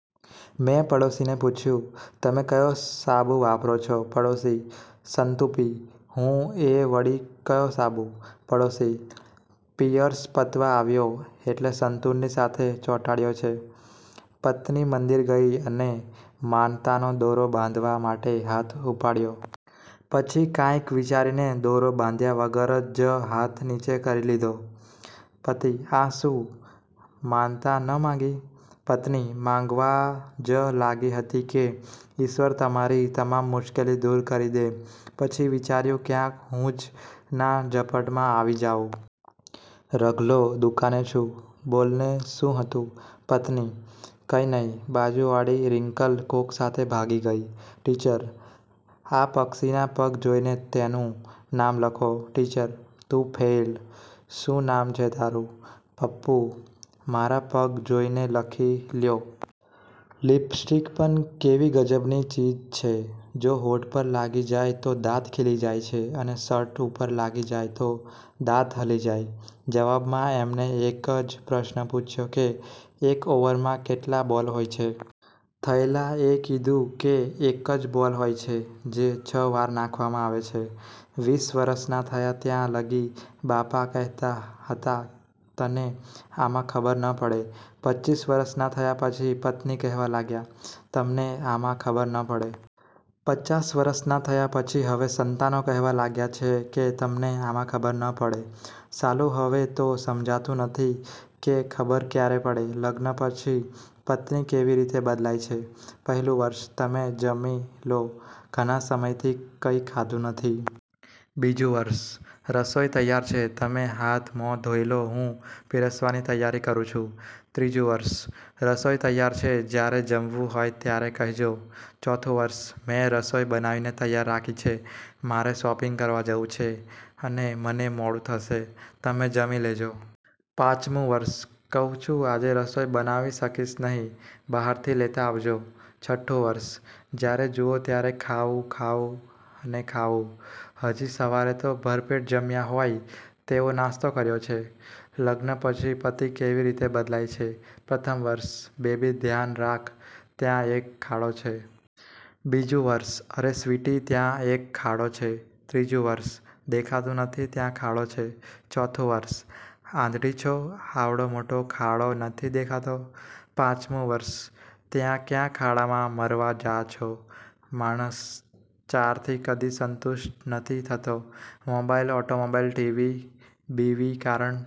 મેં પડોશીને પુછયુ: તમે કયો સાબુ વાપરો છો? પડોશી: સંતુપી. હું: એ વળી ક્યો સાબુ? પડોશી: પીઅર્સ પતવા આવ્યો એટલે સંતુરની સાથે ચોંટાડયો છે. પત્ની મંદિર ગઈ અને માનતાનો દોરો બાંધવા માટે હાથ ઉપાડ્યો. પછી કાંઈક વિચારીને દોરો બાંધ્યા વગર જ હાથ નીચે કરી લીધો. પતિ: આ શું? માનતા ન માગી? પત્ની: માગવા જ લાગી હતી કે ઈશ્વર તમારી તમામ મુશ્કેલી દુર કરી દે. પછી વિચાર્યું ક્યાંક હું જ ના ઝપટમાં આવી જાઉ. રઘલો: દુકાને છું… બોલ ને, સું હતું? પત્ની: કઈ નઈ… બાજુ વાળી રિંકલ કોક સાથે ભાગી ગઈ. ટીચર: આ પક્ષીના પગ જોઈને તેનું નામ લખો. ટીચર: તું ફેઇલ. શું નામ છે તારું? પપ્પુ: મારા પગ જોઈને લખી લ્યો. લિપસ્ટિક પણ કેવી ગજબની ચીજ છે. જો હોઠ ઉપર લાગી જાય તો દાંત ખીલી જાય છે.. અને શર્ટ ઉપર લાગી જાય તો દાંત હલી જાય. જવાબ માં એમણે એક જ પ્રશ્ન પૂછ્યો કે, એક ઓવરમાં કેટલા બોલ હોય છે? થયેલા એ કીધું કે એક જ બોલ હોય છે, જે છ વાર નાખવામાં આવે છે. વીસ વરસના થયા ત્યાં લગી બાપા કહેતા હતા, તને આમાં ખબર ન પડે. પચીસ વરસના થયા પછી પત્ની કહેવા લાગ્યા, તમને આમાં ખબર ન પડે. પચાસ વરસના થયા પછી હવે સંતાનો કહેવા લાગ્યા છે કે તમને આમાં ખબર ન પડે. સાલું, હવે તો સમજાતું નથી કે ખબર ક્યારે પડે? લગ્ન પછી પત્ની કેવી રીતે બદલાય છે:- પહેલું વર્ષ: તમે જમી લો, ઘણા સમયથી કંઈ ખાધું નથી. બીજું વર્ષ: રસોઈ તૈયાર છે, તમે હાથ-મોં ધોઇલો હું પીરસવાની તૈયારી કરું છું. ત્રીજું વર્ષ: રસોઈ તૈયાર છે, જ્યારે જમવું હોય ત્યારે કહેજો. ચોથું વર્ષ: મેં રસોઈ બનાવીને તૈયાર રાખી છે. મારે શોપિંગ કરવા જવું છે અને મને મોડું થશે, તમે જમી લેજો. પાંચમું વર્ષ: કહું છું આજે રસોઈ બનાવી શકીશ નહીં, બહારથી લેતા આવજો. છઠ્ઠું વર્ષ: જ્યારે જુઓ ત્યારે ખાવું, ખાવું અને ખાવું. હજી સવારે તો ભરપેટ જમ્યા હોય તેવો નાસ્તો કર્યો છે…!! લગ્ન પછી પતિ કેવી રીતે બદલાય છે:- પ્રથમ વર્ષ: બેબી, ધ્યાન રાખ, ત્યાં એક ખાડો છે. બીજું વર્ષ: અરે સ્વીટી, ત્યાં એક ખાડો છે. ત્રીજું વર્ષ: દેખાતું નથી, ત્યાં ખાડો છે. ચોથું વર્ષ: આંધળી છો? આવડો મોટો ખાડો નથી દેખાતો. પાંચમું વર્ષ: ત્યાં ક્યાં ખાડામાં મરવા જા છો…!! માણસ ચારથી કદી સંતુષ્ટ નથી થતો: મોબાઈલ, ઓટોમોબાઈલ, ટી. વી., બીવી. કારણ?